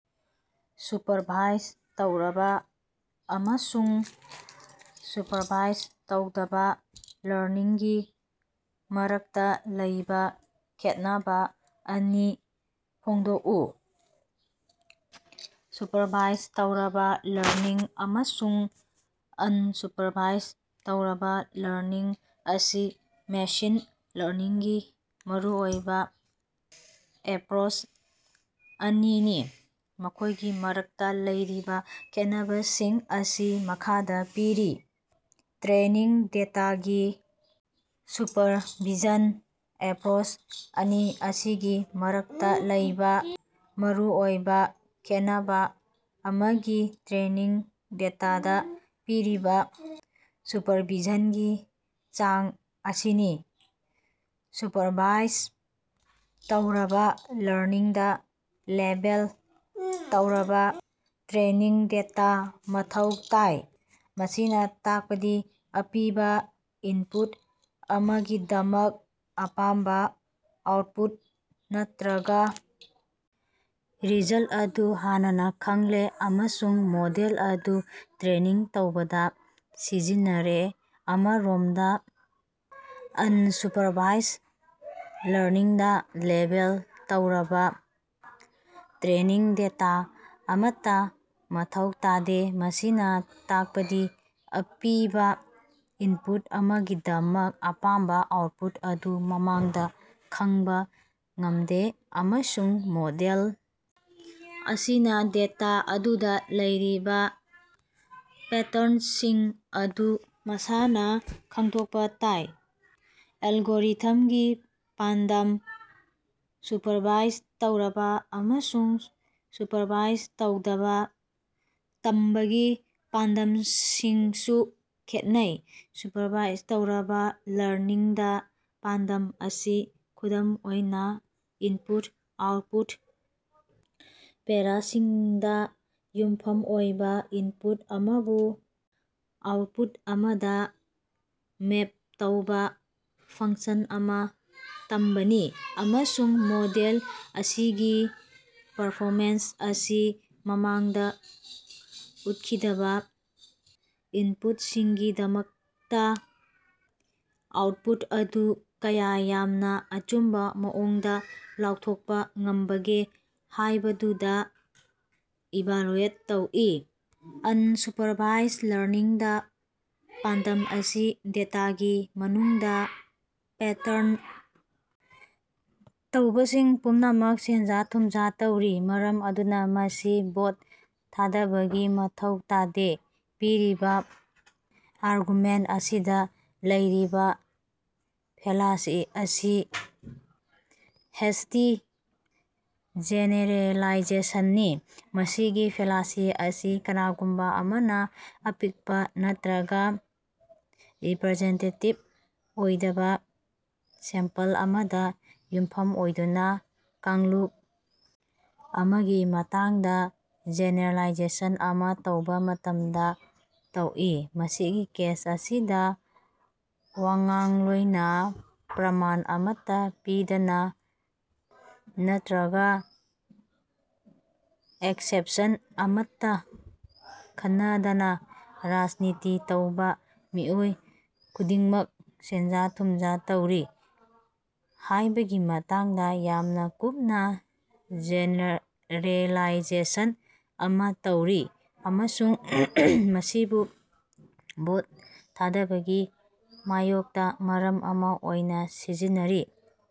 Supervise ꯇꯧꯔꯕ ꯑꯃꯁꯨꯡ supervise ꯇꯧꯗꯕ ꯂꯔꯅꯤꯡꯒꯤ ꯃꯔꯛꯇ ꯂꯩꯕ ꯈꯦꯠꯅꯕ ꯑꯅꯤ ꯐꯣꯡꯗꯣꯛꯎ꯫ ꯁꯨꯄꯔꯚꯥꯏꯖ ꯇꯧꯔꯕ ꯂꯔꯅꯤꯡ ꯑꯃꯁꯨꯡ ꯑꯟꯁꯨꯄꯔꯚꯥꯏꯖ ꯇꯧꯔꯕ ꯂꯔꯅꯤꯡ ꯑꯁꯤ ꯃꯦꯁꯤꯟ ꯂꯔꯅꯤꯡꯒꯤ ꯃꯔꯨꯑꯣꯏꯕ ꯑꯦꯞꯔꯣꯆ ꯑꯅꯤꯅꯤ꯫ ꯃꯈꯣꯏꯒꯤ ꯃꯔꯛꯇ ꯂꯩꯔꯤꯕ ꯈꯦꯠꯅꯕꯁꯤꯡ ꯑꯁꯤ ꯃꯈꯥꯗ ꯄꯤꯔꯤ- ꯇ꯭ꯔꯦꯅꯤꯡ ꯗꯦꯇꯥꯒꯤ ꯁꯨꯄꯔꯚꯤꯖꯟ - ꯑꯦꯞꯔꯣꯆ ꯑꯅꯤ ꯑꯁꯤꯒꯤ ꯃꯔꯛꯇ ꯂꯩꯕ ꯃꯔꯨꯑꯣꯏꯕ ꯈꯦꯠꯅꯕ ꯑꯃꯒꯤ ꯇ꯭ꯔꯦꯅꯤꯡ ꯗꯦꯇꯥꯗ ꯄꯤꯔꯤꯕ ꯁꯨꯄꯔꯚꯤꯖꯟꯒꯤ ꯆꯥꯡ ꯑꯁꯤꯅꯤ꯫ ꯁꯨꯄꯔꯚꯥꯏꯖ ꯇꯧꯔꯕ ꯂꯔꯅꯤꯡꯗ ꯂꯦꯕꯦꯜ ꯇꯧꯔꯕ ꯇ꯭ꯔꯦꯅꯤꯡ ꯗꯦꯇꯥ ꯃꯊꯧ ꯇꯥꯏ, ꯃꯁꯤꯅ ꯇꯥꯛꯄꯗꯤ ꯑꯄꯤꯕ ꯏꯟꯄꯨꯠ ꯑꯃꯒꯤꯗꯃꯛ ꯑꯄꯥꯝꯕ ꯑꯥꯎꯠꯄꯨꯠ ꯅꯠꯇꯔꯒ ꯔꯤꯖꯜꯇ ꯑꯗꯨ ꯍꯥꯟꯅꯅ ꯈꯪꯂꯦ ꯑꯃꯁꯨꯡ ꯃꯣꯗꯦꯜ ꯑꯗꯨ ꯇ꯭ꯔꯦꯅꯤꯡ ꯇꯧꯕꯗ ꯁꯤꯖꯤꯟꯅꯔꯦ꯫ ꯑꯃꯔꯣꯝꯗ, ꯑꯟꯁꯨꯄꯔꯚꯥꯏꯖ ꯂꯔꯅꯤꯡꯗ ꯂꯦꯕꯦꯜ ꯇꯧꯔꯕ ꯇ꯭ꯔꯦꯅꯤꯡ ꯗꯦꯇꯥ ꯑꯃꯠꯇ ꯃꯊꯧ ꯇꯥꯗꯦ, ꯃꯁꯤꯅ ꯇꯥꯛꯄꯗꯤ ꯑꯄꯤꯕ‌ ꯏꯟꯄꯨꯠ ꯑꯃꯒꯤꯗꯃꯛ ꯑꯄꯥꯝꯕ ꯑꯥꯎꯠꯄꯨꯠ ꯑꯗꯨ ꯃꯃꯥꯡꯗ ꯈꯪꯕ ꯉꯝꯗꯦ, ꯑꯃꯁꯨꯡ ꯃꯣꯗꯦꯜ ꯑꯁꯤꯅ ꯗꯦꯇꯥ ꯑꯗꯨꯗ ꯂꯩꯔꯤꯕ ꯄꯦꯇ꯭ꯔꯟꯁꯤꯡ ꯑꯗꯨ ꯃꯁꯥꯅ ꯈꯪꯗꯣꯛꯄ ꯇꯥꯏ꯫ ꯑꯦꯜꯒꯣꯔꯤꯊꯝꯒꯤ ꯄꯥꯟꯗꯝ - ꯁꯨꯄꯔꯚꯥꯏꯖ ꯇꯧꯔꯕ ꯑꯃꯁꯨꯡ ꯁꯨꯄꯔꯚꯥꯏꯖ ꯇꯧꯗꯕ ꯇꯝꯕꯒꯤ ꯄꯥꯟꯗꯝꯁꯤꯡꯁꯨ ꯈꯦꯠꯅꯩ꯫ ꯁꯨꯄꯔꯚꯥꯏꯖ ꯇꯧꯔꯕ ꯂꯔꯅꯤꯡꯗ, ꯄꯥꯟꯗꯝ ꯑꯁꯤ ꯈꯨꯗꯝ ꯑꯣꯏꯅ ꯏꯟꯄꯨꯠ-ꯑꯥꯎꯠꯄꯨꯠ ꯄꯦꯔꯥꯁꯤꯡꯗ ꯌꯨꯝꯐꯝ ꯑꯣꯏꯕ ꯏꯟꯄꯨꯠ ꯑꯃꯕꯨ ꯑꯥꯎꯠꯄꯨꯠ ꯑꯃꯗ ꯃꯦꯞ ꯇꯧꯕ ꯐꯪꯁꯟ ꯑꯃ ꯇꯝꯕꯅꯤ, ꯑꯃꯁꯨꯡ ꯃꯣꯗꯦꯜ ꯑꯁꯤꯒꯤ ꯄꯔꯐꯣꯃꯦꯟꯁ ꯑꯁꯤ ꯃꯃꯥꯡꯗ ꯎꯈꯤꯗꯕ ꯏꯟꯄꯨꯠꯁꯤꯡꯒꯤꯗꯃꯛꯇ ꯑꯥꯎꯠꯄꯨꯠ ꯑꯗꯨ ꯀꯌꯥ ꯌꯥꯝꯅ ꯑꯆꯨꯝꯕ ꯃꯑꯣꯡꯗ ꯂꯥꯎꯊꯣꯛꯄ ꯉꯝꯕꯒꯦ ꯍꯥꯏꯕꯗꯨꯗ ꯏꯚꯥꯂꯨꯑꯦꯠ ꯇꯧꯏ꯫ ꯑꯟꯁꯨꯄꯔꯚꯥꯏꯖ ꯂꯔꯅꯤꯡꯗ, ꯄꯥꯟꯗꯝ ꯑꯁꯤ ꯗꯦꯇꯥꯒꯤ ꯃꯅꯨꯡꯗ ꯄꯦꯇ꯭ꯔꯟ ꯇꯧꯕꯁꯤꯡ ꯄꯨꯝꯅꯃꯛ ꯁꯦꯟꯖ-ꯊꯨꯝꯖ ꯇꯧꯔꯤ, ꯃꯔꯝ ꯑꯗꯨꯅ ꯃꯁꯤ ꯚꯣꯠ ꯊꯥꯗꯕꯒꯤ ꯃꯊꯧ ꯇꯥꯗꯦ꯫ ꯄꯤꯔꯤꯕ ꯑꯥꯔꯒꯨꯃꯦꯟꯇ ꯑꯁꯤꯗ ꯂꯩꯔꯤꯕ ꯐꯦꯂꯥꯁꯤ ꯑꯁꯤ ꯍꯦꯁꯇꯤ ꯖꯦꯅꯦꯔꯦꯂꯥꯏꯖꯦꯁꯟꯅꯤ꯫ ꯃꯁꯤꯒꯤ ꯐꯦꯂꯥꯁꯤ ꯑꯁꯤ ꯀꯅꯥꯒꯨꯝꯕ ꯑꯃꯅ ꯑꯄꯤꯛꯄ ꯅꯠꯇꯔꯒ ꯔꯤꯄꯔꯖꯦꯟꯇꯦꯇꯤꯕ ꯑꯣꯏꯗꯕ ꯁꯦꯝꯄꯜ ꯑꯃꯗ ꯌꯨꯝꯐꯝ ꯑꯣꯏꯗꯨꯅ ꯀꯥꯡꯂꯨꯞ ꯑꯃꯒꯤ ꯃꯇꯥꯡꯗ ꯖꯦꯅꯦꯔꯦꯂꯥꯏꯖꯦꯁꯟ ꯑꯃ ꯇꯧꯕ ꯃꯇꯝꯗ ꯇꯧꯏ꯫ ꯃꯁꯤꯒꯤ ꯀꯦꯁ ꯑꯁꯤꯗ ꯋꯥꯉꯥꯡꯂꯣꯏꯅ ꯄ꯭ꯔꯃꯥꯟ ꯑꯃꯠꯇ ꯄꯤꯗꯅ ꯅꯠꯇꯔꯒ ꯑꯦꯛꯁꯦꯞꯁꯟ ꯑꯃꯠꯇ ꯈꯟꯅꯗꯅ ꯔꯥꯖꯅꯤꯇꯤ ꯇꯧꯕ ꯃꯤꯑꯣꯏ ꯈꯨꯗꯤꯡꯃꯛ ꯁꯦꯟꯖ-ꯊꯨꯝꯖ ꯇꯧꯔꯤ ꯍꯥꯏꯕꯒꯤ ꯃꯇꯥꯡꯗ ꯌꯥꯝꯅ ꯀꯨꯞꯅ ꯖꯦꯅꯦꯔꯦꯂꯥꯏꯖꯦꯁꯟ ꯑꯃ ꯇꯧꯔꯤ, ꯑꯃꯁꯨꯡ ꯃꯁꯤꯕꯨ ꯚꯣꯠ ꯊꯥꯗꯕꯒꯤ ꯃꯥꯌꯣꯛꯇ ꯃꯔꯝ ꯑꯃ ꯑꯣꯏꯅ ꯁꯤꯖꯤꯟꯅꯔꯤ꯫